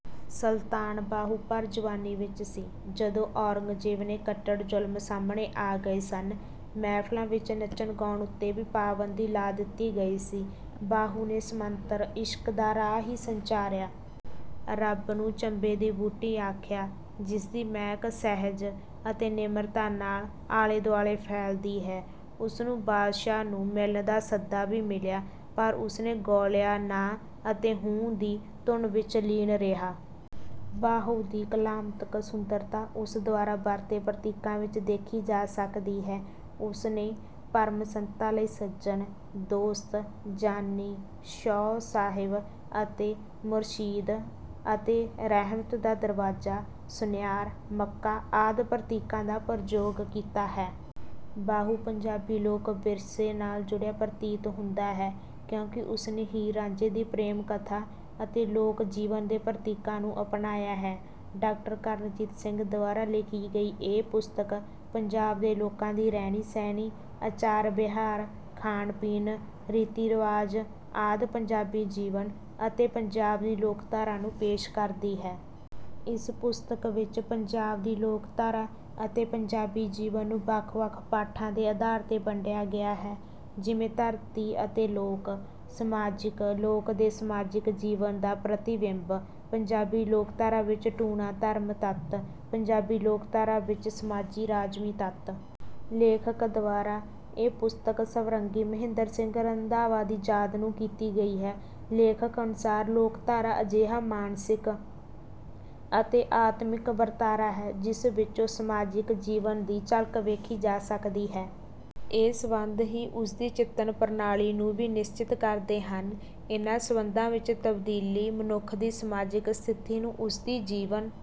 ਸੁਲਤਾਨ ਬਾਹੂ ਭਰ ਜਵਾਨੀ ਵਿੱਚ ਸੀ ਜਦੋਂ ਔਰੰਗਜ਼ੇਬ ਦੇ ਕੱਟੜ ਜੁਲਮ ਸਾਹਮਣੇ ਆ ਗਏ ਸਨ। ਮਹਿਫਲਾਂ ਵਿੱਚ ਨੱਚਣ-ਗਾਉਣ ਉੱਤੇ ਵੀ ਪਾਬੰਦੀ ਲਾ ਦਿੱਤੀ ਗਈ ਸੀ। ਬਾਹੂ ਨੇ ਸਮਾਨੰਤਰ ਇਸ਼ਕ ਦਾ ਰਾਹ ਹੀ ਸੰਚਾਰਿਆ। ਰੱਬ ਨੂੰ ਚੰਬੇ ਦੀ ਬੂਟੀ ਆਖਿਆ, ਜਿਸ ਦੀ ਮਹਿਕ ਸਹਿਜ ਅਤੇ ਨਿਮਰਤਾ ਨਾਲ ਆਲੇ-ਦੁਆਲੇ ਫੈਲਦੀ ਹੈ। ਉਸ ਨੂੰ ਬਾਦਸ਼ਾਹ ਨੂੰ ਮਿਲਣ ਦਾ ਸੱਦਾ ਵੀ ਮਿਲਿਆ, ਪਰ ਉਸਨੇ ਗੌਲਿਆ ਨਾ ਅਤੇ 'ਹੂ' ਦੀ ਪ੍ਰਗੀਤਕ ਧੁਨ ਵਿੱਚ ਲੀਨ ਰਿਹਾ। ਬਾਹੂ ਦੀ ਕਲਾਤਮਕ ਸੁੰਦਰਤਾ ਉਸ ਦੁਆਰਾ ਵਰਤੇ ਪ੍ਰਤੀਕਾਂ ਵਿੱਚ ਵੇਖੀ ਜਾ ਸਕਦੀ ਹੈ। ਉਸਨੇ ਪਰਮ-ਸੱਤਾ ਲਈ ਸੱਜਣ, ਦੋਸਤ, ਜਾਨੀ, ਸ਼ੌਹ, ਸਾਹਿਬ ਅਤੇ ਮੁਰਸ਼ਿਦ, ਅਤੇ ਰਹਿਮਤ ਦਾ ਦਰਵਾਜ਼ਾ, ਸੁਨਿਆਰ, ਮੱਕਾ ਆਦਿ ਪ੍ਰਤੀਕਾਂ ਦਾ ਪ੍ਰਯੋਗ ਕੀਤਾ ਹੈ। ਬਾਹੂ ਪੰਜਾਬੀ ਲੋਕ-ਵਿਰਸੇ ਨਾਲ ਜੁੜਿਆ ਪ੍ਰਤੀਤ ਹੁੰਦਾ ਹੈ, ਕਿਉਂਕਿ ਉਸਨੇ ਹੀਰ-ਰਾਝੇ ਦੀ ਪ੍ਰੇਮ ਕਥਾ ਅਤੇ ਲੋਕ-ਜੀਵਨ ਦੇ ਪ੍ਰਤੀਕਾਂ ਨੂੰ ਅਪਣਾਇਆ ਹੈ। ਡਾਕਟਰ ਕਰਨਜੀਤ ਸਿੰਘ ਦੁਆਰਾ ਲਿਖੀ ਗਈ ਇਹ ਪੁਸਤਕ ਪੰਜਾਬ ਦੇ ਲੋਕਾਂ ਦੀ ਰਹਿਣੀ-ਸਹਿਣੀ, ਆਚਾਰ-ਵਿਹਾਰ, ਖਾਣ-ਪੀਣ, ਰੀਤੀ-ਰਿਵਾਜ਼ ਆਦਿ ਪੰਜਾਬੀ ਜੀਵਨ ਅਤੇ ਪੰਜਾਬ ਦੀ ਲੋਕਧਾਰਾ ਨੂੰ ਪੇਸ਼ ਕਰਦੀ ਹੈ। ਇਸ ਪੁਸਤਕ ਵਿੱਚ ਪੰਜਾਬ ਦੀ ਲੋਕਧਾਰਾ ਅਤੇ ਪੰਜਾਬੀ ਜੀਵਨ ਨੂੰ ਵੱਖ-ਵੱਖ ਪਾਠਾਂ ਦੇ ਅਧਾਰ 'ਤੇ ਵੰਡਿਆ ਗਿਆ ਹੈ, ਜਿਵੇਂ ਧਰਤੀ ਅਤੇ ਲੋਕ, ਸਮਾਜਕ ਯਥਾਰਥ, 'ਲੋਕ' ਦੇ ਸਮਾਜਕ ਜੀਵਨ ਦਾ ਪ੍ਰਤੀਬਿੰਬ, ਪੰਜਾਬੀ ਲੋਕਧਾਰਾ ਵਿੱਚ ਟੂਣਾ-ਧਰਮ ਤੱਤ, ਪੰਜਾਬੀ ਲੋਕਧਾਰਾ ਵਿੱਚ ਸਮਾਜੀ-ਰਾਜਸੀ ਤੱਤ। ਲੇਖਕ ਦੁਆਰਾ ਇਹ ਪੁਸਤਕ ਸਵਰਗੀ ਮਹਿੰਦਰ ਸਿੰਘ ਰੰਧਾਵਾ ਦੀ ਯਾਦ ਨੂੰ ਸਮਰਪਿਤ ਕੀਤੀ ਗਈ ਹੈ। ਲੇਖਕ ਅਨੁਸਾਰ ਲੋਕਧਾਰਾ ਅਜਿਹਾ ਮਾਨਸਿਕ ਅਤੇ ਆਤਮਿਕ ਵਰਤਾਰਾ ਹੈ, ਜਿਸ ਵਿੱਚੋਂ ਸਮਾਜਿਕ ਜੀਵਨ ਦੀ ਝਲਕ ਵੇਖੀ ਜਾ ਸਕਦੀ ਹੈ। ਇਹ ਸਬੰਧ ਹੀ ਉਸ ਦੀ ਚਿੰਤਨ ਪ੍ਰਣਾਲੀ ਨੂੰ ਵੀ ਨਿਸ਼ਚਿਤ ਕਰਦੇ ਹਨ। ਇਹਨਾਂ ਸਬੰਧਾਂ ਵਿੱਚ ਤਬਦੀਲੀ ਮਨੁੱਖ ਦੀ ਸਮਾਜਕ ਸਥਿਤੀ ਨੂੰ, ਉਸ ਦੀ ਜੀਵਨ